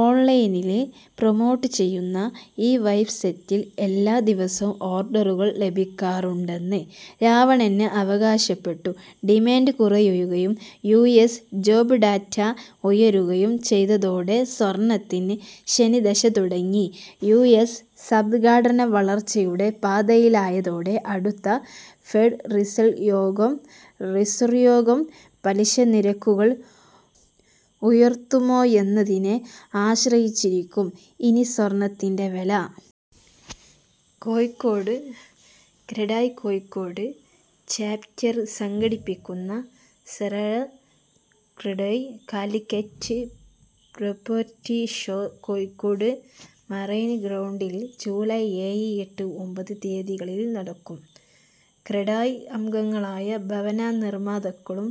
ഓൺലൈനിൽ പ്രമോട്ട് ചെയ്യുന്ന ഈ വെബ്സൈറ്റിൽ എല്ലാ ദിവസവും ഓർഡറുകൾ ലഭിക്കാറുണ്ടെന്ന് രാവണൻ അവകാശപ്പെട്ടു. ഡിമാന്റ് കുറയുകയും യു. എസ് ജോബ്ഡാറ്റ ഉയരുകയും ചെയ്തതോടെ സ്വർണത്തിന് ശനിദശ തുടങ്ങി. യുഎസ് സമ്പദ്ഘടന വളർച്ചയുടെ പാതയിലായതോടെ അടുത്ത ഫെഡ് റിസർ യോഗം റിസർ യോഗംപലിശ നിരക്കുകൾ ഉയർത്തുമോയെന്നതിനെ ആശ്രയിച്ചിരിക്കും ഇനി സ്വർണത്തിന്റെ വില. കോഴിക്കോട്:ക്രഡായ് കോഴിക്കോട് ചാപ്റ്റർ സംഘടിപ്പിക്കുന്ന Cera CREDAI Calicut property show Kozhikode marine ഗ്രൗണ്ടിൽ ജൂലായ് ഏഴ്, എട്ട്, ഒമ്പത് തിയതികളിൽ നടക്കും. ക്രഡായ് അംഗങ്ങളായ ഭവന നിർമാതാക്കളും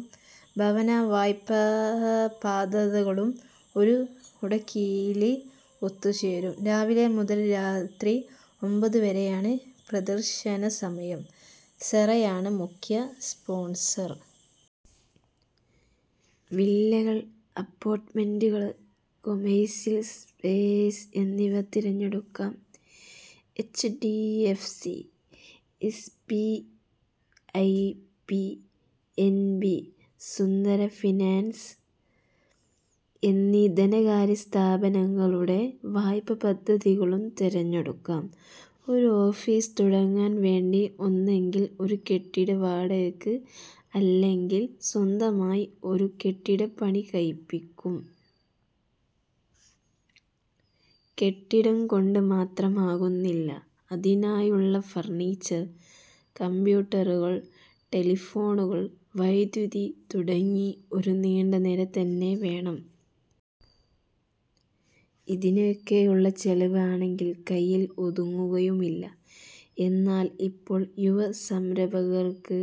ഭവനവായ്പാദാതാക്കളും ഒരു കുടക്കീഴിൽ ഒത്തുചേരും. രാവിലെ മുതൽ രാത്രി ഒമ്പതുവരെയാണ് പ്രദർശന സമയം. സെറയാണ് മുഖ്യ സ്പോണ്സർ. വില്ലകൾ, അപ്പാര്ട്ട്മെന്റുകള്, കൊമേഴ്സ്യല് സ്പേസ് എന്നിവ തിരഞ്ഞെടുക്കാം. HDFC, SBI, PNB, Sundaram finance എന്നീ ധനകാര്യസ്ഥാപനങ്ങളുടെ വായ്പാപദ്ധതികളും തിരഞ്ഞെടുക്കാം. ഒരു ഓഫീസ് തുടങ്ങാൻ വേണ്ടി ഒന്നുകിൽ ഒരു കെട്ടിടം വാടകയ്ക്കെടുക്കും അല്ലെങ്കിൽ സ്വന്തമായി ഒരു കെട്ടിടം പണി കഴിപ്പിക്കും. കെട്ടിടം കൊണ്ട് മാത്രമാകുന്നില്ല അതിനായുള്ള ഫർണിച്ചർ, കംപ്യൂട്ടറുകൾ, ടെലിഫോണുകൾ, വൈദ്യുതി തുടങ്ങി ഒരു നീണ്ട നിര തന്നെ വേണം. ഇതിനൊക്കെയുള്ള ചെലവ് ആണെങ്കിൽ കൈയിൽ ഒതുങ്ങുകയുമില്ല. എന്നാൽ ഇപ്പോൾ യുവ സംരംഭകർക്ക്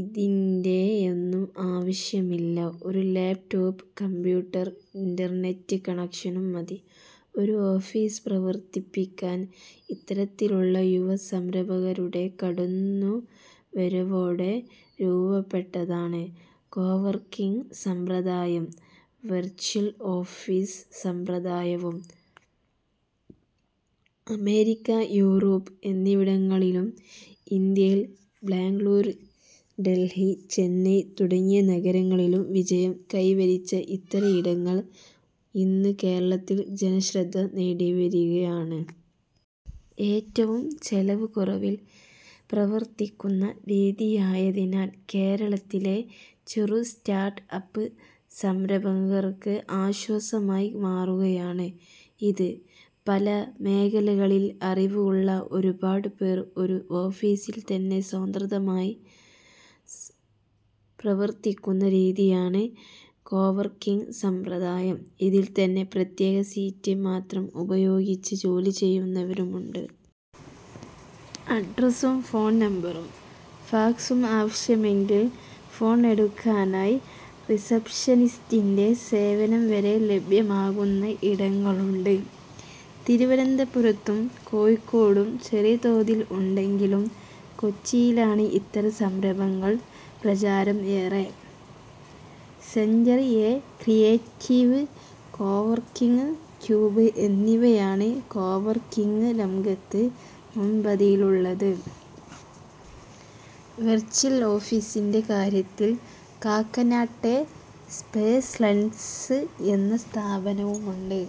ഇതിന്റെയൊന്നും ആവശ്യമില്ല. ഒരു ലാപ്ടോപ് കംപ്യൂട്ടറും ഇന്റർനെറ്റ് കണക്ഷനും മതി ഒരു ഓഫീസ് പ്രവർത്തിപ്പിക്കാൻ. ഇത്തരത്തിലുള്ള യുവ സംരംഭകരുടെ കടന്നുവരവോടെ രൂപപ്പെട്ടതാണ് കോവർക്കിങ് സമ്പ്രദായവും വെർച്വൽ ഓഫീസ് സമ്പ്രദായവും. അമേരിക്ക, യൂറോപ്പ് എന്നിവിടങ്ങളിലും, ഇന്ത്യയിൽ ബെംഗളൂരു, ഡൽഹി, ചെന്നൈ തുടങ്ങിയ നഗരങ്ങളിലും വിജയം കൈവരിച്ച ഇത്തരം ഇടങ്ങൾ ഇന്ന് കേരളത്തിലും ജനശ്രദ്ധ നേടിവരികയാണ്. ഏറ്റവും ചെലവ് കുറവിൽ പ്രവർത്തിക്കുന്ന രീതിയായതിനാൽ കേരളത്തിലെ ചെറു സ്റ്റാർട്ട്അപ്പ് സംരംഭകർക്ക് ആശ്വാസമായി മാറുകയാണ് ഇത്. പല മേഖലകളിൽ അറിവുള്ള ഒരുപാട് പേർ ഒരു ഓഫീസിൽ തന്നെ സ്വതന്ത്രമായി പ്രവർത്തിക്കുന്ന രീതിയാണ് കോവർക്കിങ് സമ്പ്രദായം. ഇതിൽ തന്നെ പ്രത്യേകം സീറ്റ് മാത്രം ഉപയോഗിച്ച് ജോലി ചെയ്യുന്നവരുമുണ്ട്. അഡ്രസ്സും ഫോൺ നമ്പറും ഫാക്സും ആവശ്യമെങ്കിൽ ഫോൺ എടുക്കാനായി റിസപ്ഷനിസ്റ്റിന്റെ സേവനം വരെ ലഭ്യമാക്കുന്ന ഇടങ്ങളുണ്ട്. തിരുവനന്തപുരത്തും കോഴിക്കോടും ചെറിയ തോതിൽ ഉണ്ടെങ്കിലും കൊച്ചിയിലാണ് ഇത്തരം സംരംഭങ്ങൾക്ക് പ്രചാരം ഏറെ. Centre A, creative coworking cube എന്നിവയാണ് കോവർക്കിങ് രംഗത്ത് മുൻപന്തിയിലുള്ളത്. വെർച്വൽ ഓഫീസിന്റെ കാര്യത്തിൽ കാക്കനാട്ടെ സ്പേസ്ലാൻസ് എന്ന സ്ഥാപനവുമുണ്ട്.